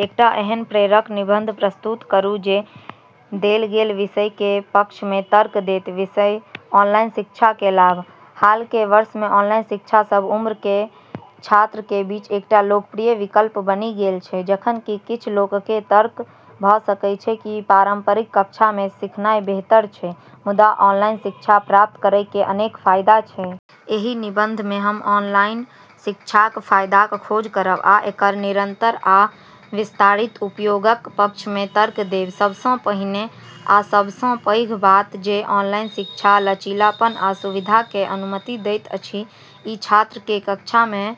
एकटा एहन प्रेरक निबंध प्रस्तुत करू जे देल गेल विषयके पक्षमे तर्क देत। विषय: ऑनलाइन शिक्षाके लाभ - हालके वर्षमे ऑनलाइन शिक्षा सब उम्रके छात्रके बीच एकटा लोकप्रिय विकल्प बनि गेल छै। जखन कि किछ लोकके तर्क भ' सकै छै कि पारंपरिक कक्षामे सिखनाइ बेहतर छै, मुदा ऑनलाइन शिक्षा प्राप्त करैके अनेक फाइदा छै। एहि निबंधमे हम ऑनलाइन शिक्षाक फाइदाक खोज करब आ एकर निरंतर आ विस्तारित उपयोगक पक्षमे तर्क देब। सबसँ पहिने आ सबसँ पैघ बात जे ऑनलाइन शिक्षा लचीलापन आ सुविधाके अनुमति दैत अछि। ई छात्रके कक्षामे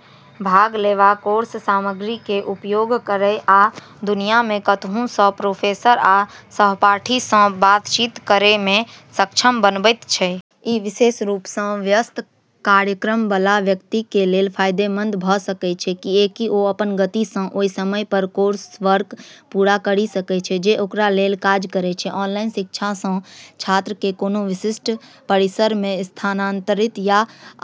भाग लेवा, कोर्स सामग्रीके उपयोग करय, आ दुनियामे कतहुसँ प्रोफेसर आ सहपाठीसँ बातचीत करेमे सक्षम बनबैत छै. ई विशेष रूपसँ व्यस्त कार्यक्रमबला व्यक्तिके लेल फाइदेमंद भ' सकै छै, किएकि ओ अपन गतिसँ आ ओइ समय पर कोर्सवर्क पूरा करि सकै छै जे ओकरा लेल काज करै छै। ऑनलाइन शिक्षासँ छात्रके कोनो विशिष्ट परिसरमे स्थानांतरित या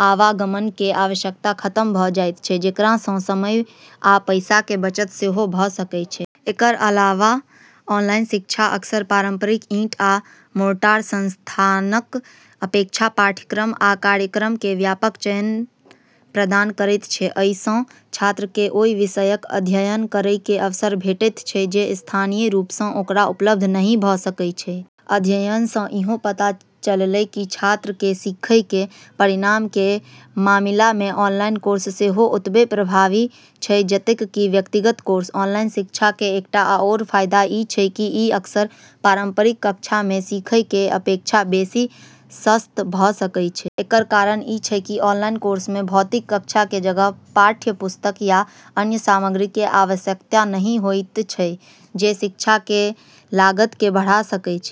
आवागमनके आवश्यकता खतम भ' जाइत छै, जेकरासँ समय आ पैसाके बचत सेहो भ' सकै छै। एकर अलावा ऑनलाइन शिक्षा अक्सर पारंपरिक ईंट आ मोर्टार संस्थानक अपेक्षा पाठ्यक्रम आ कार्यक्रमके व्यापक चयन प्रदान करैत छै। अइसँ छात्रके ओइ विषयक अध्ययन करैके अवसर भेटैत छै जे स्थानीय रूपसँ ओकरा उपलब्ध नहि भ' सकै छै। अध्ययनसँ इहो पता चललै कि छात्रके सिखैके परिणामके मामिलामे ऑनलाइन कोर्स सेहो ओतबै प्रभावी छै जतेक कि व्यक्तिगत कोर्स। ऑनलाइन शिक्षाके एकटा आओर फाइदा ई छै कि ई अक्सर पारंपरिक कक्षामे सिखैके अपेक्षा बेशी सस्त भ' सकै छै। एकर कारण ई छै कि ऑनलाइन कोर्समे भौतिक कक्षाके जगह, पाठ्यपुस्तक, या अन्य सामग्रीके आवश्यकता नहि होइत छै जे शिक्षाके लागतके बढ़ा सकै छै।